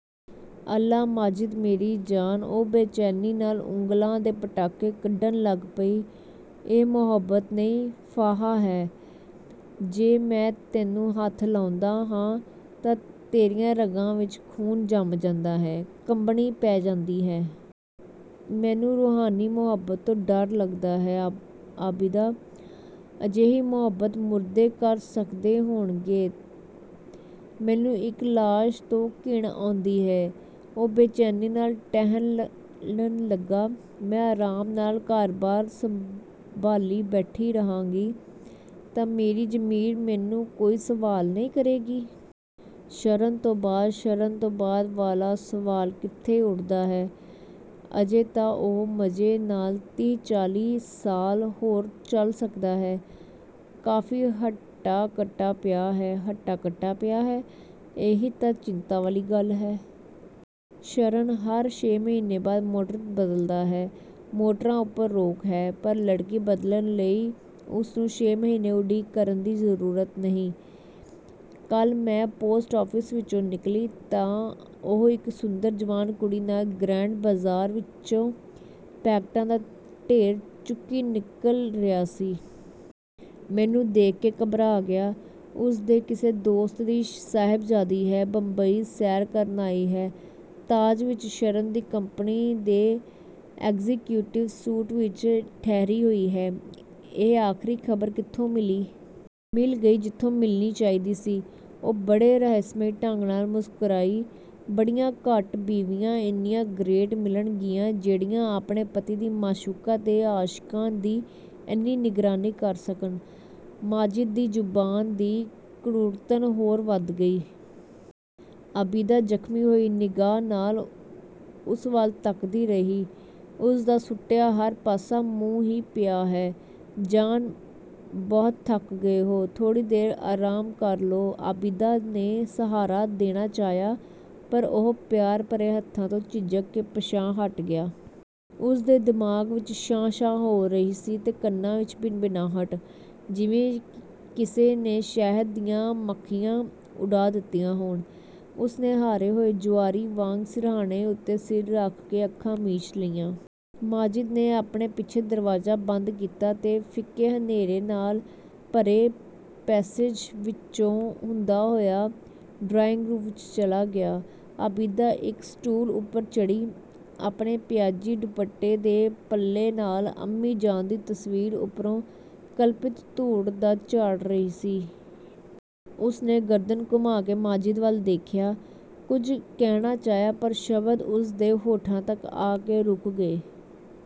"ਅੱਲਾ, ਮਾਜਿਦ ਮੇਰੀ ਜਾਨ," ਉਹ ਬੇਚੈਨੀ ਨਾਲ ਉਂਗਲਾਂ ਦੇ ਪਟਾਕੇ ਕੱਢਣ ਲੱਗ ਪਈ। "ਇਹ ਮੁਹੱਬਤ ਨਹੀਂ ਫਾਹਾ ਹੈ, ਜੇ ਮੈਂ ਤੈਨੂੰ ਹੱਥ ਲਾਉਂਦਾ ਹਾਂ ਤਾਂ ਤੇਰੀਆਂ ਰਗਾਂ ਵਿੱਚ ਖ਼ੂਨ ਜੰਮ ਜਾਂਦਾ ਹੈ, ਕੰਬਣੀ ਪੈ ਜਾਂਦੀ ਹੈ। ਮੈਨੂੰ ਰੂਹਾਨੀ ਮੁਹੱਬਤ ਤੋਂ ਡਰ ਲੱਗਦਾ ਹੈ, ਆਬਿਦਾ। ਅਜਿਹੀ ਮੁਹੱਬਤ ਮੁਰਦੇ ਕਰ ਸਕਦੇ ਹੋਣਗੇ। ਮੈਨੂੰ ਇੱਕ ਲਾਸ਼ ਤੋਂ ਘਿਣ ਆਉਂਦੀ ਹੈ।" ਉਹ ਬੇਚੈਨੀ ਨਾਲ ਟਹਿਲਣ ਲੱਗਾ। "ਮੈਂ ਆਰਾਮ ਨਾਲ ਘਰ-ਬਾਰ ਸੰਭਾਲੀ ਬੈਠੀ ਰਹਾਂਗੀ, ਤਾਂ ਮੇਰੀ ਜ਼ਮੀਰ ਮੈਨੂੰ ਕੋਈ ਸਵਾਲ ਨਹੀਂ ਕਰੇਗੀ? ਸ਼ਰਨ ਤੋਂ ਬਾਅਦ" "ਸ਼ਰਨ ਤੋਂ ਬਾਅਦ ਵਾਲਾ ਸਵਾਲ ਕਿੱਥੇ ਉੱਠਦਾ ਹੈ ਅਜੇ ਤਾਂ ਉਹ ਮਜ਼ੇ ਨਾਲ ਤੀਹ-ਚਾਲੀ ਸਾਲ ਹੋਰ ਚੱਲ ਸਕਦਾ ਹੈ, ਕਾਫ਼ੀ ਹੱਟਾ-ਕੱਟਾ ਪਿਆ ਹੈ।" "ਹੱਟਾ-ਕੱਟਾ ਪਿਆ ਹੈ, ਇਹੀ ਤਾਂ ਚਿੰਤਾ ਵਾਲੀ ਗੱਲ ਹੈ। ਸ਼ਰਨ ਹਰ ਛੇ ਮਹੀਨੇ ਬਾਅਦ ਮੋਟਰ ਬਦਲਦਾ ਹੈ। ਮੋਟਰਾਂ ਉੱਪਰ ਰੋਕ ਹੈ, ਪਰ ਲੜਕੀ ਬਦਲਣ ਲਈ ਉਸਨੂੰ ਛੇ ਮਹੀਨੇ ਉਡੀਕ ਕਰਨ ਦੀ ਜ਼ਰੂਰਤ ਨਹੀਂ। ਕੱਲ੍ਹ ਮੈਂ ਪੋਸਟ ਆਫਿਸ ਵਿੱਚੋਂ ਨਿਕਲੀ ਤਾਂ ਉਹ ਇੱਕ ਸੁੰਦਰ ਜਵਾਨ ਕੁੜੀ ਨਾਲ ਗਰੈਂਡ ਬਾਜ਼ਾਰ ਵਿੱਚੋਂ ਪੈਕਟਾਂ ਦਾ ਢੇਰ ਚੁੱਕੀ ਨਿਕਲ ਰਿਹਾ ਸੀ। ਮੈਨੂੰ ਦੇਖ ਕੇ ਘਬਰਾ ਗਿਆ। ਉਸਦੇ ਕਿਸੇ ਦੋਸਤ ਦੀ ਸਾਹਿਬਜ਼ਾਦੀ ਹੈ, ਬੰਬਈ ਸੈਰ ਕਰਨ ਆਈ ਹੈ। ਤਾਜ ਵਿੱਚ ਸ਼ਰਨ ਦੀ ਕੰਪਨੀ ਦੇ ਐਗਜ਼ੀਕਿਉਟਿਵ ਸੂਟ ਵਿੱਚ ਠਹਿਰੀ ਹੋਈ ਹੈ।" "ਇਹ ਆਖਰੀ ਖ਼ਬਰ ਕਿੱਥੋਂ ਮਿਲੀ?" "ਮਿਲ ਗਈ ਜਿੱਥੋਂ ਮਿਲਣੀ ਚਾਹੀਦੀ ਸੀ।" ਉਹ ਬੜੇ ਰਹੱਸਮਈ ਢੰਗ ਨਾਲ ਮੁਸਕਰਾਈ। "ਬੜੀਆਂ ਘੱਟ ਬੀਵੀਆਂ ਇੰਨੀਆਂ ਗਰੇਟ ਮਿਲਣਗੀਆਂ ਜਿਹੜੀਆਂ ਆਪਣੇ ਪਤੀ ਦੀ ਮਾਸ਼ੂਕਾ ਦੇ ਆਸ਼ਿਕਾਂ ਦੀ ਇੰਨੀ ਨਿਗਰਾਨੀ ਕਰ ਸਕਣ।" ਮਾਜਿਦ ਦੀ ਜ਼ੁਬਾਨ ਦੀ ਕੁੜੱਤਣ ਹੋਰ ਵਧ ਗਈ। ਆਬਿਦਾ ਜ਼ਖ਼ਮੀ ਹੋਈ ਨਿਗਾਹ ਨਾਲ ਉਸ ਵੱਲ ਤੱਕਦੀ ਰਹੀ। ਉਸਦਾ ਸੁੱਟਿਆ ਹਰ ਪਾਸਾ ਮੂੰਹ ਹੀ ਪਿਆ ਹੈ। "ਜਾਨ, ਬਹੁਤ ਥੱਕ ਗਏ ਹੋ, ਥੋੜ੍ਹੀ ਦੇਰ ਆਰਾਮ ਕਰ ਲਓ।" ਆਬਿਦਾ ਨੇ ਸਹਾਰਾ ਦੇਣਾ ਚਾਹਿਆ ਪਰ ਉਹ ਪਿਆਰ ਭਰੇ ਹੱਥਾਂ ਤੋਂ ਝਿਜਕ ਕੇ ਪਿੱਛਾਂਹ ਹਟ ਗਿਆ। ਉਸਦੇ ਦਿਮਾਗ਼ ਵਿੱਚ 'ਸ਼ਾਂ-ਸ਼ਾਂ' ਹੋ ਰਹੀ ਸੀ ਤੇ ਕੰਨਾਂ ਵਿੱਚ ਭਿਨਭਿਨਾਹਟ, ਜਿਵੇਂ ਕਿਸੇ ਨੇ ਸ਼ਹਿਦ ਦੀਆਂ ਮੱਖੀਆਂ ਉਡਾ ਦਿੱਤੀਆਂ ਹੋਣ। ਉਸਨੇ ਹਾਰੇ ਹੋਏ ਜੁਆਰੀ ਵਾਂਗ ਸਿਰਹਾਣੇ ਉੱਤੇ ਸਿਰ ਰੱਖ ਕੇ ਅੱਖਾਂ ਮੀਚ ਲਈਆਂ। ਮਾਜਿਦ ਨੇ ਆਪਣੇ ਪਿੱਛੇ ਦਰਵਾਜ਼ਾ ਬੰਦ ਕੀਤਾ ਤੇ ਫਿੱਕੇ-ਹਨੇਰੇ ਨਾਲ ਭਰੇ ਪੈਸੇਜ ਵਿੱਚੋਂ ਹੁੰਦਾ ਹੋਇਆ ਡਰਾਇੰਗ-ਰੂਮ ਵਿੱਚ ਚਲਾ ਗਿਆ। ਆਬਿਦਾ ਇੱਕ ਸਟੂਲ ਉੱਪਰ ਚੜ੍ਹੀ, ਆਪਣੇ ਪਿਆਜ਼ੀ ਦੁਪੱਟੇ ਦੇ ਪੱਲੇ ਨਾਲ, ਅੰਮੀ ਜਾਨ ਦੀ ਤਸਵੀਰ ਉੱਪਰੋਂ ਕਲਪਿਤ ਧੂੜ ਝਾੜ ਰਹੀ ਸੀ। ਉਸਨੇ ਗਰਦਨ ਘੁਮਾ ਕੇ ਮਾਜਿਦ ਵੱਲ ਦੇਖਿਆ। ਕੁਝ ਕਹਿਣਾ ਚਾਹਿਆ ਪਰ ਸ਼ਬਦ ਉਸਦੇ ਹੋਠਾਂ ਤੱਕ ਆ ਕੇ ਰੁਕ ਗਏ।